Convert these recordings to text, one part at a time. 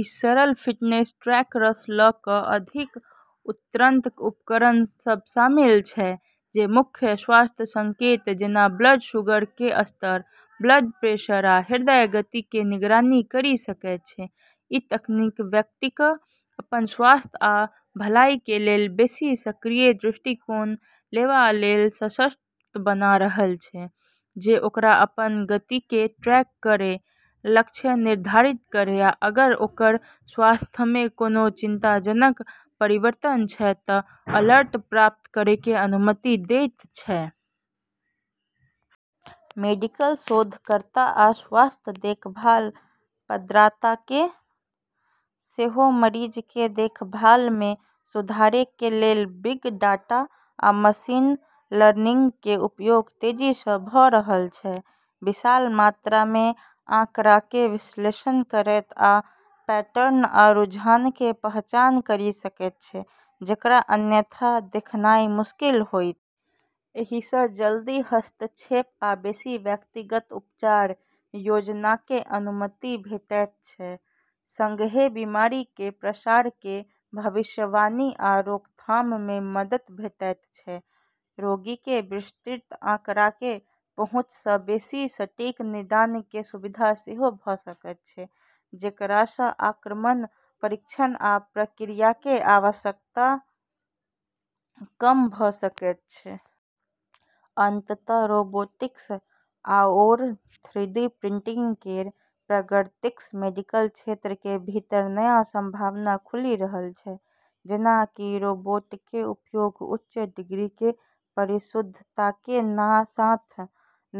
ई सरल फिटनेस ट्रैकरसँ ल' क' अधिक उन्नत उपकरण सब शामिल छै जे मुख्य स्वास्थ्य संकेतक जेना ब्लड शुगरके स्तर, ब्लड प्रेशर, आ हृदय गतिके निगरानी करि सकै छै । ई तकनीक व्यक्तिके अपन स्वास्थ्य आ भलाइके लेल बेशी सक्रिय दृष्टिकोण लेवा लेल सशक्त बना रहल छै, जे ओकरा अपन प्रगतिके ट्रैक करै, लक्ष्य निर्धारित करै आ अगर ओकर स्वास्थ्यमे कोनो चिंताजनक परिवर्तन छै त' अलर्ट प्राप्त करैके अनुमति दैत छै । मेडिकल शोधकर्ता आ स्वास्थ्य देखभाल प्रदाताके सेहो मरीजके देखभालमे सुधारके लेल बिग डाटा आ मशीन लर्निंगके उपयोग तेजीसँ भ' रहल छै । विशाल मात्रामे आंकड़ाकें विश्लेषण करैत ओ पैटर्न आ रुझानकें पहचान करि सके छै जेकरा अन्यथा देखनाइ मुश्किल होइत। एहिसँ जल्दी हस्तक्षेप आ बेसि व्यक्तिगत उपचार योजनाके अनुमति भेटैत छै, सङ्गहेँ बीमारिके प्रसारके भविष्यवाणी आ रोकथाममे मदद भेटैत छै । रोगीके विस्तृत आंकड़ाके पहुंचसँ बेशी सटीक निदानके सुविधा सेहो भ' सकै छै, जेकरासँ आक्रामक परीक्षण आ प्रक्रियाके आवश्यकता कम भ' सकै छै । अंततः रोबोटिक्स आओर थ्रीडी प्रिंटिंग केर प्रगतिसँ मेडिकल क्षेत्रके भीतर नया संभावना खुलि रहल छै। जेना कि रोबोटके उपयोग उच्च डिग्रीके परिशुद्धताके साथ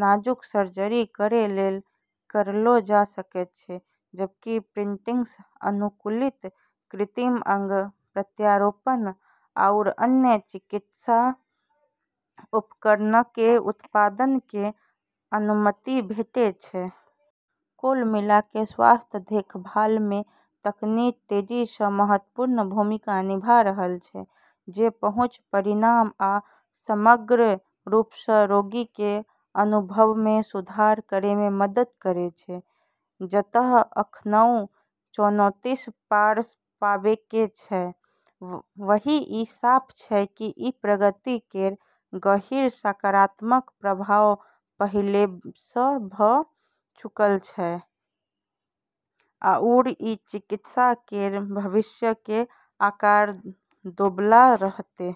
नाजुक सर्जरी करै लेल करलौ जा सकै छै, जबकि प्रिंटिंगसँ अनुकूलित कृत्रिम अंग, प्रत्यारोपण आओर अन्य चिकित्सा उपकरणके उत्पादनके अनुमति भेटै छै। कुल मिलाके, स्वास्थ्य देखभालमे तकनीक तेजीसँ महत्वपूर्ण भूमिका निभा रहल छै, जे पहुंच, परिणाम, आ समग्र रूपसँ रोगीके अनुभवमे सुधार करैमे मदद करै छै । जतऽ अखनउ चुनौतीसँ पार पाबैके छै, वहीं ई साफ छै कि ई प्रगति केर गहीँर सकारात्मक प्रभाव पहिलेसँ भ' चुकल छै आओर ई चिकित्सा केर भविष्यके आकार दैबला रहतै।